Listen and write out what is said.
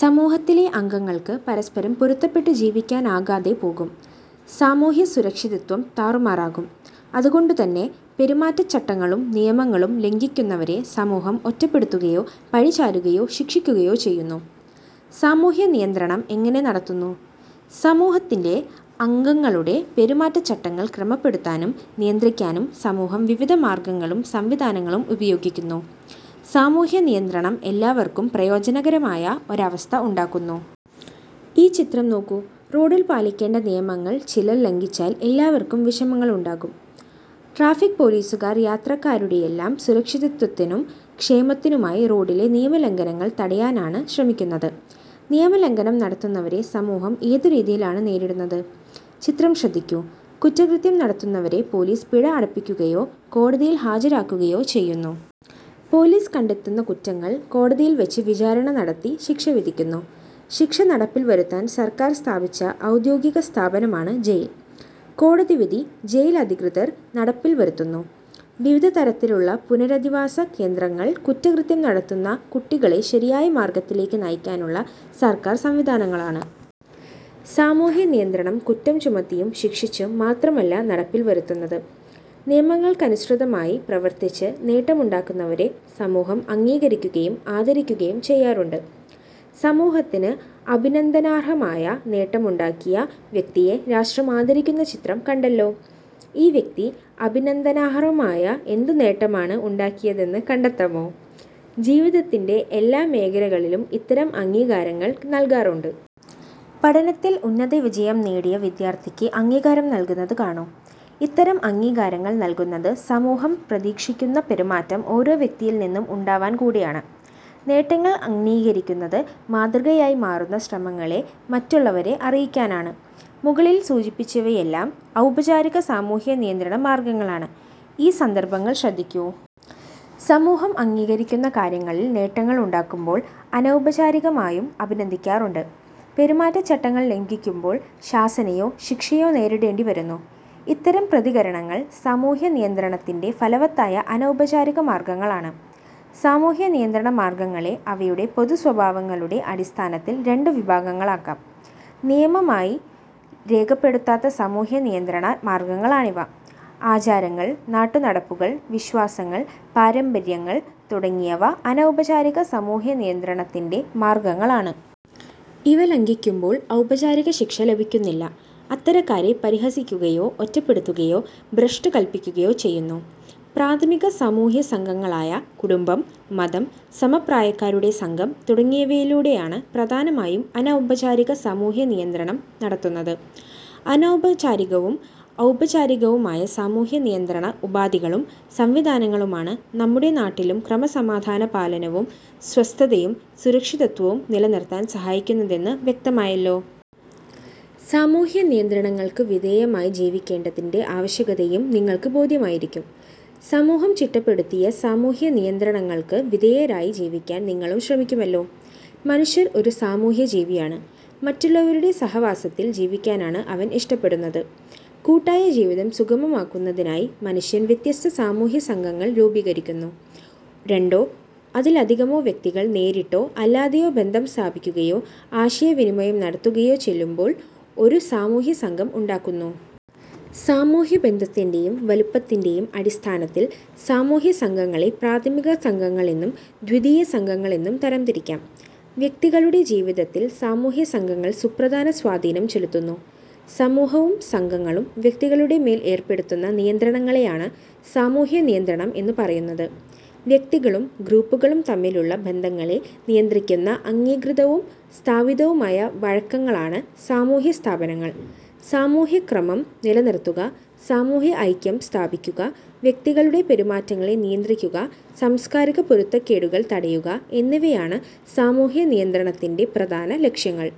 സമൂഹത്തിലെ അംഗങ്ങൾക്ക് പരസ്പരം പൊരുത്തപ്പെട്ട് ജീവിക്കാനാകാതെ പോകും. സാമൂഹ്യസുരക്ഷിതത്വം താറുമാറാകും. അതു കൊണ്ടുതന്നെ പെരുമാറ്റച്ചട്ടങ്ങളും നിയമങ്ങളും ലംഘിക്കുന്നവരെ സമൂഹം ഒറ്റപ്പെടുത്തുകയോ പഴിചാരുകയോ ശിക്ഷിക്കുകയോ ചെയ്യുന്നു. സാമൂഹ്യനിയന്ത്രണം എങ്ങനെ നടത്തുന്നു? സമൂഹത്തിലെ അംഗങ്ങളുടെ പെരുമാറ്റച്ചട്ടങ്ങൾ ക്രമപ്പെടുത്താനും നിയന്ത്രിക്കാനും സമൂഹം വിവിധ മാർഗങ്ങളും സംവിധാനങ്ങളും ഉപയോഗിക്കുന്നു. സാമൂഹ്യനിയന്ത്രണം എല്ലാവർക്കും പ്രയോജനകരമായ ഒരവസ്ഥ ഉണ്ടാക്കുന്നു. ഈ ചിത്രം നോക്കൂ. റോഡിൽ പാലി ക്കേണ്ട നിയമങ്ങൾ ചിലർ ലംഘിച്ചാൽ എല്ലാവർക്കും വിഷമങ്ങളുണ്ടാക്കും. ട്രാഫിക് പോലീസുകാർ യാത്രക്കാ രുടെയെല്ലാം സുരക്ഷിതത്വത്തിനും ക്ഷേമത്തിനുമായി റോഡിലെ നിയമലംഘനങ്ങൾ തടയാനാണ് ശ്രമിക്കുന്നത്. നിയമലംഘനം നടത്തുന്നവരെ സമൂഹം ഏതു രീതിയിലാണ് നേരിടുന്നത്? ചിത്രം ശ്രദ്ധിക്കൂ. കുറ്റകൃത്യം നടത്തുന്നവരെ പോലീസ് പിഴ അടപ്പിക്കുകയോ കോടതിയിൽ ഹാജരാക്കുകയോ ചെയ്യുന്നു. പോലീസ് കണ്ടെത്തുന്ന കുറ്റങ്ങൾ കോടതിയിൽ വച്ച് വിചാരണ നടത്തി ശിക്ഷ വിധിക്കുന്നു. ശിക്ഷ നടപ്പിൽ വരുത്താൻ സർക്കാർ സ്ഥാപിച്ച ഔദ്യോഗികസ്ഥാപനമാണ് ജയിൽ. കോടതിവിധി ജയിലധികൃതർ നടപ്പിൽ വരുത്തുന്നു. വിവിധ തരത്തിലുള്ള പുനരധിവാസ കേന്ദ്രങ്ങൾ കുറ്റകൃത്യം നടത്തുന്ന കുട്ടി കളെ ശരിയായ മാർഗത്തിലേക്ക് നയിക്കാനുള്ള സർക്കാർ സംവിധാനങ്ങളാണ്. സാമൂഹ്യനിയന്ത്രണം കുറ്റം ചുമത്തിയും ശിക്ഷിച്ചും മാത്രമല്ല നടപ്പിൽ വരുത്തുന്നത്. നിയമങ്ങൾക്കനുസൃതമായി പ്രവർത്തിച്ച് നേട്ടമുണ്ടാക്കുന്നവരെ സമൂഹം അംഗീകരിക്കുകയും ആദരിക്കുകയും ചെയ്യാറുണ്ട്. സമൂഹത്തിന് അഭിനന്ദനാർഹമായ നേട്ടമുണ്ടാക്കിയ വ്യക്തിയെ രാഷ്ട്രം ആദരി ക്കുന്ന ചിത്രം കണ്ടല്ലോ? ഈ വ്യക്തി അഭിനന്ദനാർഹമായ എന്തു നേട്ടമാണ് ഉണ്ടാക്കിയതെന്ന് കണ്ടെത്താമോ? ജീവിതത്തിന്റെ എല്ലാ മേഖലകളിലും ഇത്തരം അംഗീകാരങ്ങൾ നൽകാറുണ്ട്. പഠനത്തിൽ ഉന്നതവിജയം നേടിയ വിദ്യാർഥിക്ക് അംഗീകാരം നൽകുന്നത് കാണൂ. ഇത്തരം അംഗീകാരങ്ങൾ നൽകുന്നത് സമൂഹം പ്രതീക്ഷിക്കുന്ന പെരുമാറ്റം ഓരോ വ്യക്തിയിൽ നിന്നും ഉണ്ടാവാൻ കൂടിയാണ്. നേട്ടങ്ങൾ അംഗീകരിക്കുന്നത് മാതൃകയായി മാറുന്ന ശ്രമങ്ങളെ മറ്റുള്ളവരെ അറിയിക്കാനാണ്. മുകളിൽ സൂചിപ്പിച്ചവയെല്ലാം ഔപചാരിക സാമൂഹ്യനിയന്ത്രണ മാർഗങ്ങളാണ്. ഈ സന്ദർഭങ്ങൾ ശ്രദ്ധിക്കൂ. സമൂഹം അംഗീകരിക്കുന്ന കാര്യങ്ങളിൽ നേട്ടങ്ങളുണ്ടാക്കുമ്പോൾ അനൗപചാരികമായും അഭിനന്ദിക്കാറുണ്ട്. പെരുമാറ്റച്ചട്ടങ്ങൾ ലംഘിക്കുമ്പോൾ ശാസനയോ ശിക്ഷയോ നേരിടേണ്ടി വരുന്നു. ഇത്തരം പ്രതികരണങ്ങൾ സാമൂഹ്യനിയന്ത്രണത്തിന്റെ ഫലവത്തായ അനൗപചാരിക മാർഗങ്ങളാണ്. സാമൂഹ്യനിയന്ത്രണ മാർഗങ്ങളെ അവയുടെ പൊതുസ്വഭാവങ്ങളുടെ അടിസ്ഥാനത്തിൽ രണ്ടു വിഭാഗങ്ങളാക്കാം. നിയമമാക്കി രേഖപ്പെടുത്താത്ത സാമൂഹ്യനിയന്ത്രണ മാർഗങ്ങളാണിവ. ആചാരങ്ങൾ, നാട്ടുനടപ്പുകൾ, വിശ്വാസങ്ങൾ, പാരമ്പര്യങ്ങൾ തുടങ്ങിയവ അനൗപചാരിക സാമൂഹ്യനിയന്ത്രണത്തിന്റെ മാർഗങ്ങളാണ്. ഇവ ലംഘിക്കുമ്പോൾ ഔപചാരിക ശിക്ഷ ലഭിക്കുന്നില്ല. അത്തരക്കാരെ പരിഹസിക്കുകയോ ഒറ്റപ്പെടുത്തുകയോ ഭ്രഷ്ട് കൽപ്പിക്കുകയോ ചെയ്യുന്നു. പ്രാഥമിക സാമൂഹ്യസംഘങ്ങളായ കുടുംബം, മതം, സമപ്രായക്കാരുടെ സംഘം തുടങ്ങിയവയിലൂടെയാണ് പ്രധാനമായും അനൗപചാരിക സാമൂഹ്യനിയന്ത്രണം നടത്തുന്നത്. അനൗപചാരികവും ഔപചാരികവുമായ സാമൂഹ്യനിയന്ത്രണ ഉപാധികളും സംവിധാനങ്ങളുമാണ് നമ്മുടെ നാട്ടിലും ക്രമസമാധാന പാലനവും സ്വസ്ഥതയും സുരക്ഷിതത്വവും നിലനിർത്താൻ സഹായിക്കുന്നതെന്ന് വ്യക്തമായല്ലോ. സാമൂഹ്യനിയന്ത്രണങ്ങൾക്കു വിധേയമായി ജീവിക്കേണ്ടതിന്റെ ആവശ്യകതയും നിങ്ങൾക്ക് ബോധ്യമായിരിക്കും. സമൂഹം ചിട്ടപ്പെടുത്തിയ സാമൂഹ്യനിയന്ത്രണങ്ങൾക്ക് വിധേയരായി ജീവിക്കാൻ നിങ്ങളും ശ്രമിക്കുമല്ലോ. മനുഷ്യൻ ഒരു സാമൂഹ്യജീവിയാണ്. മറ്റുള്ളവരുടെ സഹവാസത്തിൽ ജീവിക്കാനാണ് അവൻ ഇഷ്ടപ്പെടുന്നത്. കൂട്ടായ ജീവിതം സുഗമമാക്കുന്നതിനായി മനുഷ്യൻ വ്യത്യസ്ത സാമൂഹ്യസംഘങ്ങൾ രൂപീകരിക്കുന്നു. രണ്ടോ അതിലധികമോ വ്യക്തികൾ നേരിട്ടോ അല്ലാതെയോ ബന്ധം സ്ഥാപിക്കുകയോ ആശയവിനിമയം നടത്തുകയോ ചെയ്യുമ്പോൾ ഒരു സാമൂഹ്യസംഘം ഉണ്ടാകുന്നു. സാമൂഹ്യബന്ധത്തിന്റെയും വലുപ്പത്തിന്റെയും അടിസ്ഥാനത്തിൽ സാമൂഹ്യസംഘങ്ങളെ പ്രാഥമികസംഘങ്ങളെന്നും ദ്വിതീയസംഘങ്ങളെന്നും തരംതിരിക്കാം. വ്യക്തികളുടെ ജീവിതത്തിൽ സാമൂഹ്യസംഘങ്ങൾ സുപ്രധാന സ്വാധീനം ചെലുത്തുന്നു. സമൂഹവും സംഘങ്ങളും വ്യക്തികളുടെ മേൽ ഏർപ്പെടുത്തുന്ന നിയന്ത്രണങ്ങളെയാണ് സാമൂഹ്യനിയന്ത്രണം എന്നു പറയുന്നത്. വ്യക്തികളും ഗ്രൂപ്പുകളും തമ്മിലുള്ള ബന്ധങ്ങളെ നിയന്ത്രിക്കുന്ന അംഗീകൃതവും സ്ഥാപിതവുമായ വഴക്കങ്ങളാണ് സാമൂഹ്യസ്ഥാപനങ്ങൾ. സാമൂഹ്യക്രമം നിലനിർത്തുക, സാമൂഹ്യ ഐക്യം സ്ഥാപിക്കുക, വ്യക്തികളുടെ പെരുമാറ്റങ്ങളെ നിയന്ത്രിക്കുക, സാംസ്കാരിക പൊരുത്തക്കേടുകൾ തടയുക എന്നിവയാണ് സാമൂഹ്യ നിയന്ത്രണത്തിന്റെ പ്രധാന ലക്ഷ്യങ്ങൾ.